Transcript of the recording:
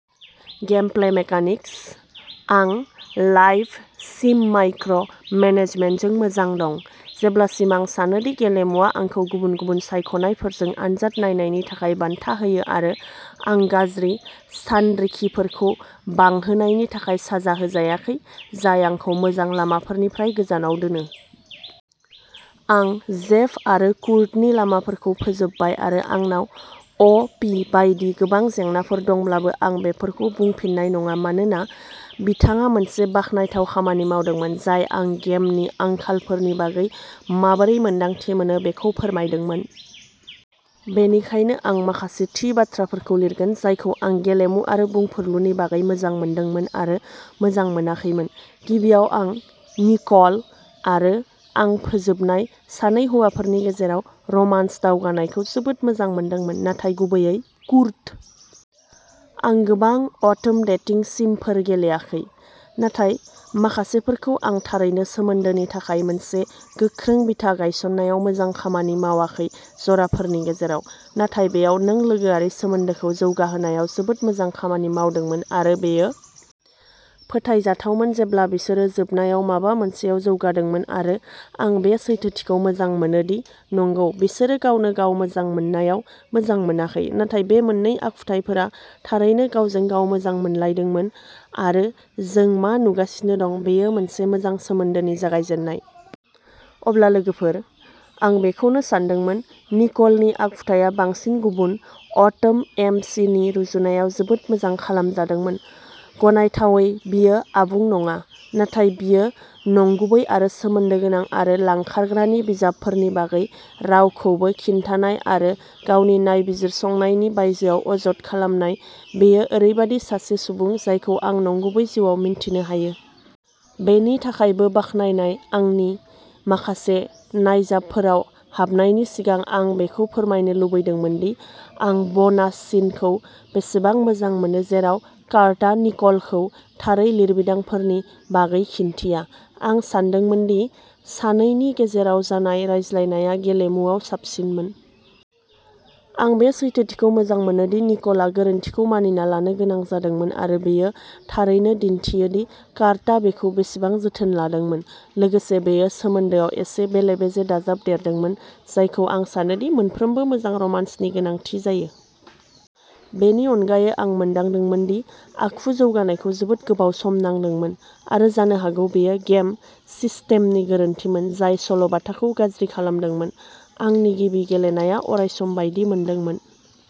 Gameplay mechanics. आं life sim micro' मेनेजमेन्टजों मोजां दं, जेब्लासिम आं सानो दि गेलेमुआ आंखौ गुबुन गुबुन सायख'नायफोरजों आनजाद नायनायनि थाखाय बान्था होयो आरो आं गाज्रि सानरिखिफोरखौ बांहोनायनि थाखाय साजा होजायाखै, जाय आंखौ मोजां लामाफोरनिफ्राय गोजानाव दोनो। आं जेफ आरो कुर्टनि लामाफोरखौ फोजोबबाय आरो आंनाव अ पि बायदि गोबां जेंनाफोर दंब्लाबो आं बेफोरखौ बुंफिननाय नङा मानोना बिथाङा मोनसे बाखनायथाव खामानि मावदोंमोन, जाय आं गेमनि आंखालफोरनि बागै माबोरै मोन्दांथि मोनो बेखौ फोरमायदोंमोन। बेनिखायनो आं माखासे थि बाथ्राफोरखौ लिरगोन, जायखौ आं गेलेमु आरो बुंफुरलुनि बागै मोजां मोनदोंमोन आरो मोजां मोनाखैमोन। गिबियाव आं निक'ल आरो आं फोजोबनाय सानै हौवाफोरनि गेजेराव रमान्स दावगानायखौ जोबोद मोजां मोनदोंमोन, नाथाय गुबैयै कुर्ट। आं गोबां अट'म डेटिं सिमफोर गेलेयाखै, नाथाय माखासेफोरखौ आं थारैनो सोमोन्दोनि थाखाय मोनसे गोख्रों बिथा गायसननायाव मोजां खामानि मावाखै जराफोरनि गेजेराव। नाथाय बेयाव नों लोगोआरि सोमोन्दोखौ जौगाहोनायाव जोबोद मोजां खामानि मावदोंमोन आरो बेयो फोथायजाथावमोन जेब्ला बिसोरो जोबनायाव माबा मोनसेयाव जौगादोंमोन आरो आं बे सैथोथिखौ मोजां मोनो दि नंगौ, बिसोरो गावनो गाव मोजां मोननायाव मोजां मोनाखै, नाथाय बे मोन्नै आखुथाइफोरा थारैनो गावजों गाव मोजां मोनलायदोंमोन आरो जों मा नुगासिनो दं बेयो मोनसे मोजां सोमोन्दोनि जागायजेन्नाय। अब्ला लोगोफोर! आं बेखौबो सानदोंमोन निकोलनि आखुथाया बांसिन गुबुन अट'म एम सि नि रुजुनायाव जोबोद मोजां खालामजादोंमोन। गनायथावै बियो आबुं नङा, नाथाय बियो नंगुबै आरो सोमोन्दो गोनां आरो लांखारग्रानि बिजाबफोरनि बागै रावखौबो खिन्थानाय आरो गावनो नायबिजिरसंनायनि बायजोआव अजद खालामनाय, बियो ओरैबायदि सासे सुबुं जायखौ आं नंगुबै जिउआव मिन्थिनो हायो। बेनि थाखायबो बाख्नायनाय आंनि माखासे नायजाबफोराव हाबनायनि सिगां आं बेखौ फोरमायनो लुगैदोंमोन दि आं ब'नास सिनखौ बेसेबां मोजां मोनो जेराव कार्टआ निक'लखौ थारै लिरबिदांफोरनि बागै खिन्थिया। आं सानदोंमोन दि सानैनि गेजेराव जानाय रायज्लायनाया गेलेमुआव साबसिनमोन। आं बे सैथोथिखौ मोजां मोनो दि निक'लआ गोरोन्थिखौ मानिना लानो गोनां जादोंमोन आरो बेयो थारैनो दिन्थियो दि कार्टआ बिखौ बेसेबां जोथोन लादोंमोन। लोगोसे बेयो सोमोन्दोआव एसे बेले-बेजे दाजाबदेरदोंमोन, जायखौ आं सानो दि मोनफ्रोमबो मोजां रमान्सनि गोनांथि जायो। बेनि अनगायै आं मोनदांदोंमोन दि आखु जौगानायखौ जोबोद गोबाव सम नांदोंमोन आरो जानो हागौ बेयो गेम सिस्टेमनि गोरोन्थिमोन जाय सल'बाथाखौ गाज्रि खालामदोंमोन। आंनि गिबि गेलेनाया अरायसम बायदि मोनदोंमोन।